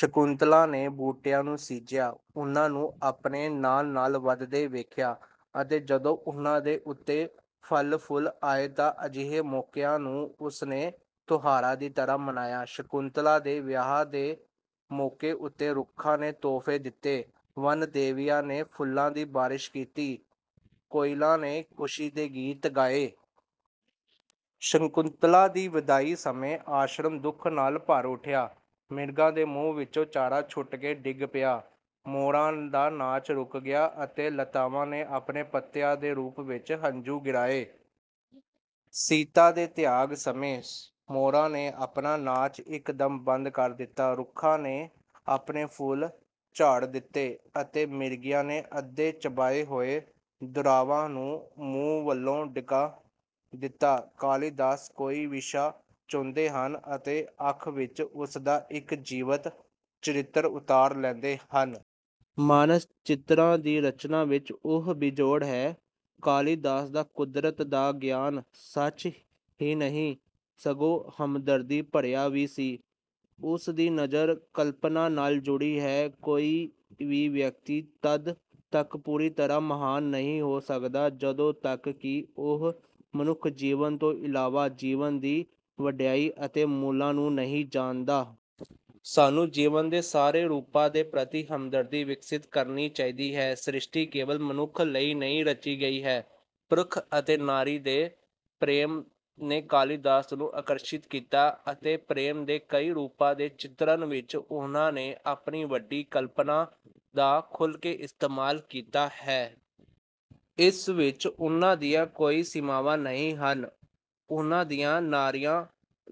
ਸ਼ਕੁੰਤਲਾ ਨੇ ਬੂਟਿਆਂ ਨੂੰ ਸਿੰਜਿਆ ਉਨ੍ਹਾਂ ਨੂੰ ਆਪਣੇ ਨਾਲ ਨਾਲ ਵਧਦੇ ਵੇਖਿਆ ਅਤੇ ਜਦੋਂ ਉਨ੍ਹਾਂ ਦੇ ਉੱਤੇ ਫਲ ਫੁਲ ਆਏ ਤਾਂ ਅਜਿਹੇ ਮੌਕਿਆਂ ਨੂੰ ਉਸਨੇ ਤਿਉਹਾਰਾਂ ਦੀ ਤਰ੍ਹਾਂ ਮਨਾਇਆ। ਸ਼ਕੁੰਤਲਾ ਦੇ ਵਿਆਹ ਦੇ ਮੌਕੇ ਉੱਤੇ ਰੁੱਖਾਂ ਨੇ ਤੋਹਫੇ ਦਿੱਤੇ ਵਨਦੇਵੀਆਂ ਨੇ ਫੁੱਲਾਂ ਦੀ ਬਾਰਿਸ਼ ਕੀਤੀ ਕੋਇਲਾਂ ਨੇ ਖੁਸ਼ੀ ਦੇ ਗੀਤ ਗਾਏ। ਸ਼ਕੁੰਤਲਾ ਦੀ ਵਿਦਾਈ ਦੇ ਸਮੇਂ ਆਸ਼ਰਮ ਦੁੱਖ ਨਾਲ ਭਰ ਉੱਠਿਆ। ਮਿਰਗਾਂ ਦੇ ਮੂੰਹ ਵਿੱਚੋਂ ਚਾਰਾ ਛੁੱਟ ਕੇ ਡਿੱਗ ਪਿਆ ਮੋਰਾਂ ਦਾ ਨਾਚ ਰੁਕ ਗਿਆ ਅਤੇ ਲਤਾਵਾਂ ਨੇ ਆਪਣੇ ਪੱਤਿਆਂ ਦੇ ਰੂਪ ਵਿੱਚ ਹੰਝੂ ਗਿਰਾਏ। ਸੀਤਾ ਦੇ ਤਿਆਗ ਦੇ ਸਮੇਂ ਮੋਰਾਂ ਨੇ ਆਪਣਾ ਨਾਚ ਇੱਕਦਮ ਬੰਦ ਕਰ ਦਿੱਤਾ ਰੁੱਖਾਂ ਨੇ ਆਪਣੇ ਫੁੱਲ ਝਾੜ ਦਿੱਤੇ ਅਤੇ ਮ੍ਰਿਗੀਆਂ ਨੇ ਅੱਧੇ ਚਬਾਏ ਹੋਏ ਦੂਰਵਾ ਨੂੰ ਮੂੰਹ ਵਲੋਂ ਡਿੱਗਾ ਦਿੱਤਾ। ਕਾਲੀਦਾਸ ਕੋਈ ਵਿਸ਼ਾ ਚੁਣਦੇ ਹਨ ਅਤੇ ਅੱਖ ਵਿੱਚ ਉਸਦਾ ਇੱਕ ਜੀਵਤ ਚਿੱਤਰ ਉਤਾਰ ਲੈਂਦੇ ਹਨ। ਮਾਨਸ ਚਿਤਰਾਂ ਦੀ ਰਚਨਾ ਵਿੱਚ ਉਹ ਬੇਜੋੜ ਹੈ। ਕਾਲੀਦਾਸ ਦਾ ਕੁਦਰਤ ਦਾ ਗਿਆਨ ਸੱਚ ਹੀ ਨਹੀਂ ਸੀ ਸਗੋਂ ਹਮਦਰਦੀ ਭਰਿਆ ਵੀ ਸੀ। ਉਸ ਦੀ ਨਜ਼ਰ ਕਲਪਨਾ ਨਾਲ ਜੁੜੀ ਹੈ। ਕੋਈ ਵੀ ਵਿਅਕਤੀ ਤੱਦ ਤੱਕ ਪੂਰੀ ਤਰ੍ਹਾਂ ਮਹਾਨ ਨਹੀਂ ਹੋ ਸਕਦਾ ਜਦੋਂ ਤੱਕ ਕਿ ਉਹ ਮਨੁੱਖ ਜੀਵਨ ਤੋਂ ਇਲਾਵਾ ਜੀਵਨ ਦੀ ਵਡਿਆਈ ਅਤੇ ਮੁੱਲਾਂ ਨੂੰ ਨਹੀਂ ਜਾਣਦਾ। ਸਾਨੂੰ ਜੀਵਨ ਦੇ ਸਾਰੇ ਰੂਪਾਂ ਦੇ ਪ੍ਰਤੀ ਹਮਦਰਦੀ ਵਿਕਸਿਤ ਕਰਨੀ ਚਾਹੀਦੀ ਹੈ। ਸ੍ਰਸ਼ਟਿ ਕੇਵਲ ਮਨੁੱਖ ਲਈ ਨਹੀਂ ਰਚੀ ਗਈ ਹੈ। ਪੁਰਖ ਅਤੇ ਨਾਰੀ ਦੇ ਪ੍ਰੇਮ ਨੇ ਕਾਲੀਦਾਸ ਨੂੰ ਆਕਰਸ਼ਿਤ ਕੀਤਾ ਅਤੇ ਪ੍ਰੇਮ ਦੇ ਕਈ ਰੂਪਾਂ ਦੇ ਚਿਤਰਣ ਵਿੱਚ ਉਨ੍ਹਾਂ ਨੇ ਆਪਣੀ ਵੱਡੀ ਕਲਪਨਾ ਦਾ ਖੁੱਲਕੇ ਇਸਤੇਮਾਲ ਕੀਤਾ ਹੈ। ਇਸ ਵਿੱਚ ਉਨ੍ਹਾਂ ਦੀਆਂ ਕੋਈ ਸੀਮਾਵਾਂ ਨਹੀਂ ਹਨ। ਉਨ੍ਹਾਂ ਦੀਆਂ ਨਾਰੀਆਂ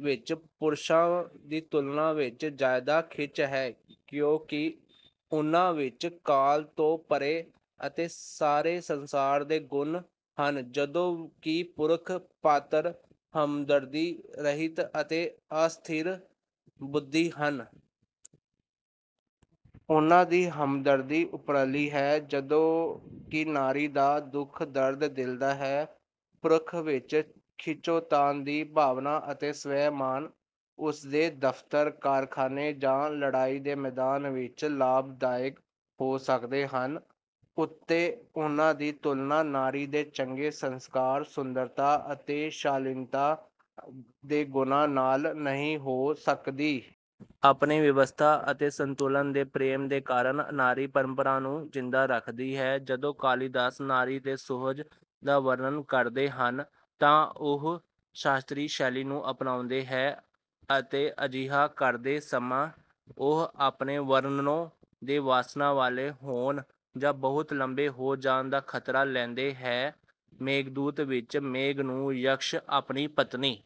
ਵਿੱਚ ਪੁਰਸ਼ਾਂ ਦੀ ਤੁਲਨਾ ਵਿੱਚ ਜਿਆਦਾ ਖਿੱਚ ਹੈ ਕਿਉਂਕਿ ਉਨ੍ਹਾਂ ਵਿੱਚ ਕਾਲ ਤੋਂ ਪਰੇ ਅਤੇ ਸਾਰੇ ਸੰਸਾਰ ਦੇ ਗੁਣ ਹਨ ਜਦੋਂ ਕਿ ਪੁਰਖ ਪਾਤਰ ਹਮਦਰਦੀ ਰਹਿਤ ਅਤੇ ਅਸਥਿਰ ਬੁੱਧੀ ਹਨ। ਉਨ੍ਹਾਂ ਦੀ ਹਮਦਰਦੀ ਉੱਪਰਲੀ ਹੈ ਜਦੋਂ ਕਿ ਨਾਰੀ ਦਾ ਦੁੱਖ ਦਰਦ ਦਿਲ ਦਾ ਹੈ। ਪੁਰਖ ਵਿੱਚ ਖਿੱਚੋਤਾਣ ਦੀ ਭਾਵਨਾ ਅਤੇ ਸਵੈਮਾਨ ਉਸਦੇ ਦਫ਼ਤਰ ਕਾਰਖਾਨੇ ਜਾਂ ਲੜਾਈ ਦੇ ਮੈਦਾਨ ਵਿੱਚ ਲਾਭਦਾਇਕ ਹੋ ਸਕਦੇ ਹਨ ਉੱਤੇ ਉਨ੍ਹਾਂ ਦੀ ਤੁਲਨਾ ਨਾਰੀ ਦੇ ਚੰਗੇ ਸੰਸਕਾਰ ਸੁੰਦਰਤਾ ਅਤੇ ਸ਼ਾਲੀਨਤਾ ਦੇ ਗੁਣਾਂ ਨਾਲ ਨਹੀਂ ਹੋ ਸਕਦੀ। ਆਪਣੇ ਵਿਵਸਥਾ ਅਤੇ ਸੰਤੁਲਨ ਦੇ ਪ੍ਰੇਮ ਦੇ ਕਾਰਨ ਨਾਰੀ ਪਰੰਪਰਾ ਨੂੰ ਜਿੰਦਾ ਰੱਖਦੀ ਹੈ। ਜਦੋਂ ਕਾਲੀਦਾਸ ਨਾਰੀ ਦੇ ਸੁਹਜ ਦਾ ਵਰਣਨ ਕਰਦੇ ਹਨ ਤਾਂ ਉਹ ਸ਼ਾਸਤਰੀ ਸ਼ੈਲੀ ਨੂੰ ਅਪਣਾਉਂਦੇ ਹੈ ਅਤੇ ਅਜਿਹਾ ਕਰਦੇ ਸਮਾਂ ਉਹ ਆਪਣੇ ਵਰਣਨੋਂ ਦੇ ਵਾਸਨਾ ਵਾਲੇ ਹੋਣ ਜਾਂ ਬਹੁਤ ਲੰਬੇ ਹੋ ਜਾਣ ਦਾ ਖ਼ਤਰਾ ਲੈਂਦੇ ਹੈ। ਮੇਘਦੂਤ ਵਿੱਚ ਮੇਘ ਨੂੰ ਯਕਸ਼ ਆਪਣੀ ਪਤਨੀ